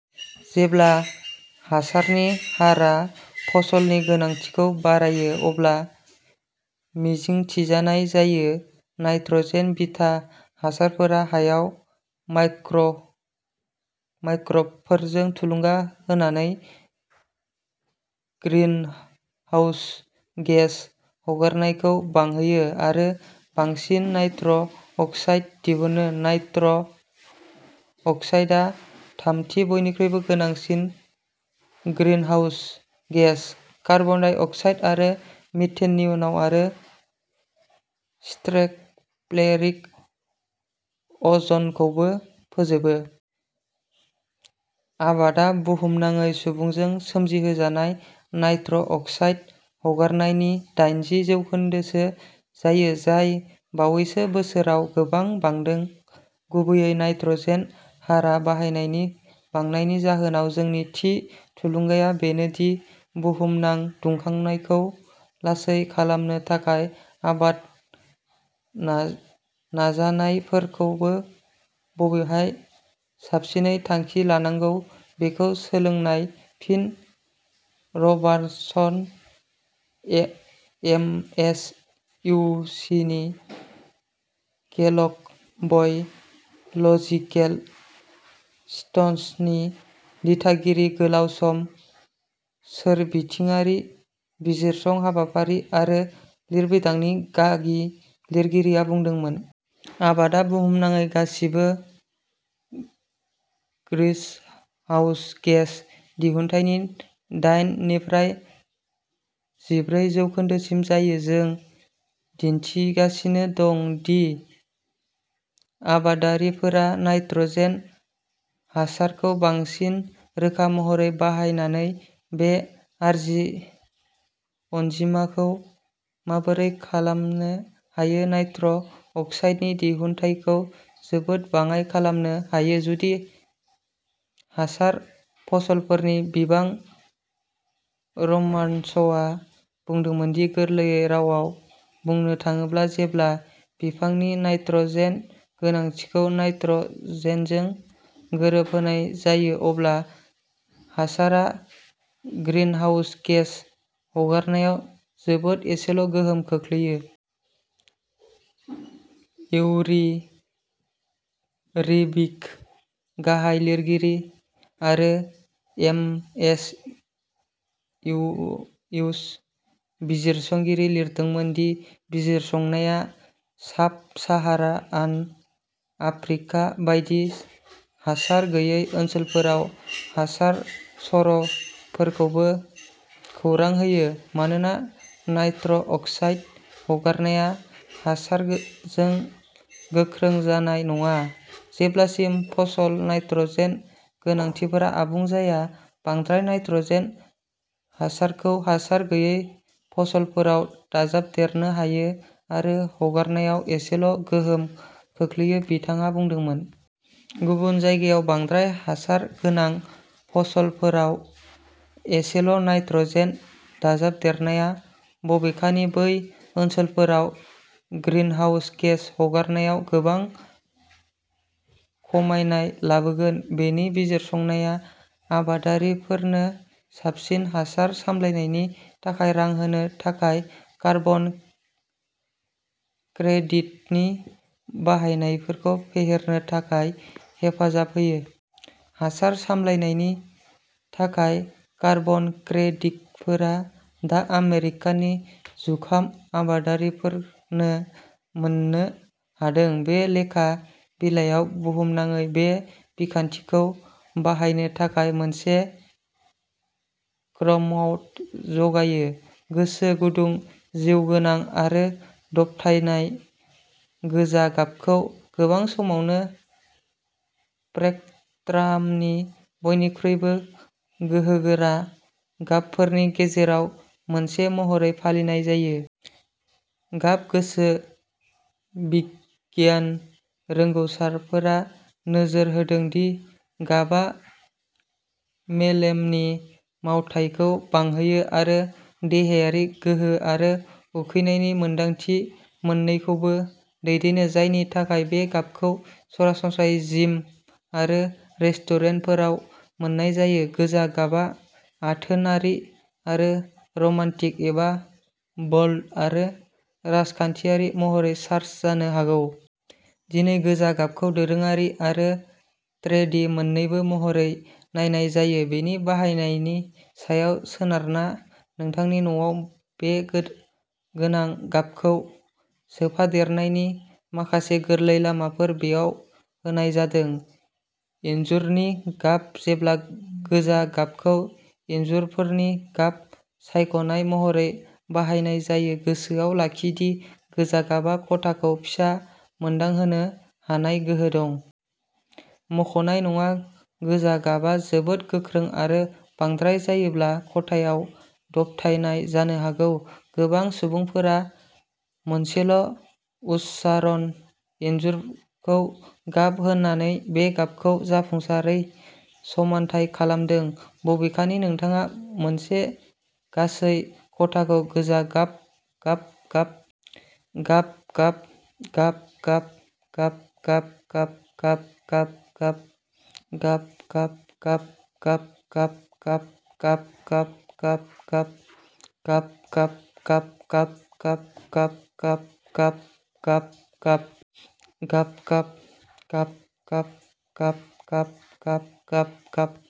जेब्ला हासारनि हारआ फसलनि गोनांथिखौ बारायो अब्ला मिजिंथिनाय जायो। नाइट्रजेन-बिथा हासारफोरा हायाव माइक्रोब माइक्रोबफोरखौ थुलुंगा होनानै ग्रिनहाउस गेस हगारनायखौ बांहोयो आरो बांसिन नाइट्र अक्साइड दिहुनो। नाइट्र अक्साइडआ थामथि बयनिख्रुइबो गोनांसिन ग्रिनहाउस गेस। कार्बन डाइअक्साइड आरो मिथेननि उनाव आरो स्ट्रेटस्फेरिक अ'जनखौबो फोजोबो। आबादा बुहुमनाङै सुबुंजों सोमजिहोजानाय नाइट्रस अक्साइड हगारनायनि दाइनजि जौखोन्दोसो जायो, जाय बावैसो बोसोरफोराव गोबां बांदों, गुबैयै नाइट्रजेन हारा बाहायनायनि बांनायनि जाहोनाव। "जोंनि थि थुलुंगाया बेनो दि बुहुमनां दुंखांनायखौ लासै खालामनो थाखाय आबाद नाजानायफोरखौबो बबेहाय साबसिनै थांखि लानांगौ बेखौ सोलोंनाय", Phil Robertson, M S U नि केलग बाय'लजिकेल स्टेशननि दिथागिरि गोलाव सम सोरबिथिङारि बिजिरसं हाबाफारि आरो लिरबिदांनि गागि लिरगिरिया बुंदोंमोन। आबादा बुहुमनाङै गासिबो ग्रिसहाउस गेस दिहुन्थायनि दाइन निफ्राय जिब्रै जौखोन्दोसिम जायो। जों दिन्थिगासिनो दं दि आबादारिफोरा नाइट्र'जेन हासारखौ बांसिन रोखा महरै बाहायनानै बे आरजि अनजिमाखौ माबोरै खमायनो हायो।" नाइट्रस अक्साइडनि दिहुनथायखौ जोबोद बाङाइ खालामनो हायो जुदि हासार फसलफोरनि बिबां रबार्टसनआ बुंदोंमोन दि, गोरलै रावाव बुंनो थाङोब्ला, जेब्ला बिफांनि नाइट्र'जेन गोनांथिखौ नाइट्र'जेनजों गोरोबहोनाय जायो, अब्ला हासारा ग्रिनहाउस गेस हगारनायाव जोबोद एसेल'गोहोम खोख्लैयो। इउरि रिबिक, गाहाय लिरगिरि आरो एमएसइउ बिजिरसंगिरि, लिरदोंमोन दि बिजिरसंनाया साब साहारान आफ्रिका बायदि हासार गैयै ओनसोलफोराव हासार सर'फोरखौबो खौरां होयो। "मानोना नाइट्र अक्साइड हगारनाया हासारजों गोख्रों जानाय नङा जेब्लासिम फसल नाइट्र'जेन गोनांथिफोरा आबुं जाया, बांद्राय नाइट्र'जेन हासारखौ हासार गैयै फसलफोराव दाजाबदेरनो हायो आरो हगारनायाव एसेल'गोहोम खोख्लैयो", बिथाङा बुंदोंमोन। गुबुन जायगायाव बांद्राय हासार गोनां फसलफोराव एसेल'नाइट्र'जेन दाजाबदेरनाया, बबेखानि, बै ओनसोलफोराव ग्रिनहाउस गेस हगारनायाव गोबां खमायनाय लाबोगोन। बे बिजिरसंनाया आबादारिफोरनो साबसिन हासार सामलायनायनि थाखाय रां होनो थाखाय कार्बन क्रेडिटनि बाहायनायखौ फेहेरनो थाखाय हेफाजाब होयो। हासार सामलायनायनि थाखाय कार्बन क्रेडिटफोरा दा आमेरिकानि जुखाम आबादारिफोरनो मोननो हादों। बे लेखा बिलाइआ बुहुमनाङै बे बिखान्थिखौ बाहायनो थाखाय मोनसे फ्रेमवर्क जगायो। गोसो गुदुं, जिउगोनां आरो दबथायनाय, गोजा गाबखौ गोबां समावनो स्पेकट्रामनि बयनिख्रुइबो गोहोगोरा गाबफोरनि गेजेराव मोनसे महरै फालिनाय जायो। गाब गोसो बिगियान रोंग'साफोरा नोजोर होदों दि गाबआ मेलेमनि मावथायखौ बांहोयो आरो देहायारि गोहो आरो उखैनायनि मोन्दांथि मोन्नैखौबो दैदेनो-जायनि थाखाय बे गाबखौ सरासनस्रायै जिम आरो रेस्टुरेन्टफोराव मोन्नाय जायो। गोजा गाबआ आथोनारि आरो रमान्टिक, एबा बोल्ड आरो राजखान्थियारि महरै चार्ज जानो हागौ। दिनै गोजा गाबखौ दोरोङारि आरो ट्रेन्डी मोन्नैबो महरै नायनाय जायो बेनि बाहायनायनि सायाव सोनारना। नोंथांनि न'आव बे गोनां गाबखौ सोफादेरनायनि माखासे गोरलै लामाफोर बेयाव होनाय जादों। इनजुरनि गाब जेब्ला गोजा गाबखौ इनजुरनि गाब सायख'नाय महरै बाहायनाय जायो, गोसोआव लाखि दि गोजा गाबआ खथाखौ फिसा मोनदांहोनो हानाय गोहो दं। मुंख'नाय नङा। गोजा गाबआ जोबोद गोख्रों आरो बांद्राय जायोब्ला खथायाव दबथायनाय जानो हागौ। गोबां सुबुंफोरा मोनसेल'उच्चारण इनजुरखौ गाब होनानै बे गाबखौ जाफुंसारै समानथाय खालामदों। बबेखानि नोंथाङा मोनसे गासै खथाखौ गोजा गाब गाब गाब गाब गाब गाब गाब गाब गाब गाब गाब गाब गाब गाब गाब गाब गाब गाब गाब गाब गाब गाब गाब गाब गाब गाब गाब गाब गाब गाब गाब गाब गाब गाब गाब गाब गाब गाब गाब गाब गाब गाब गाब गाब गाब गाब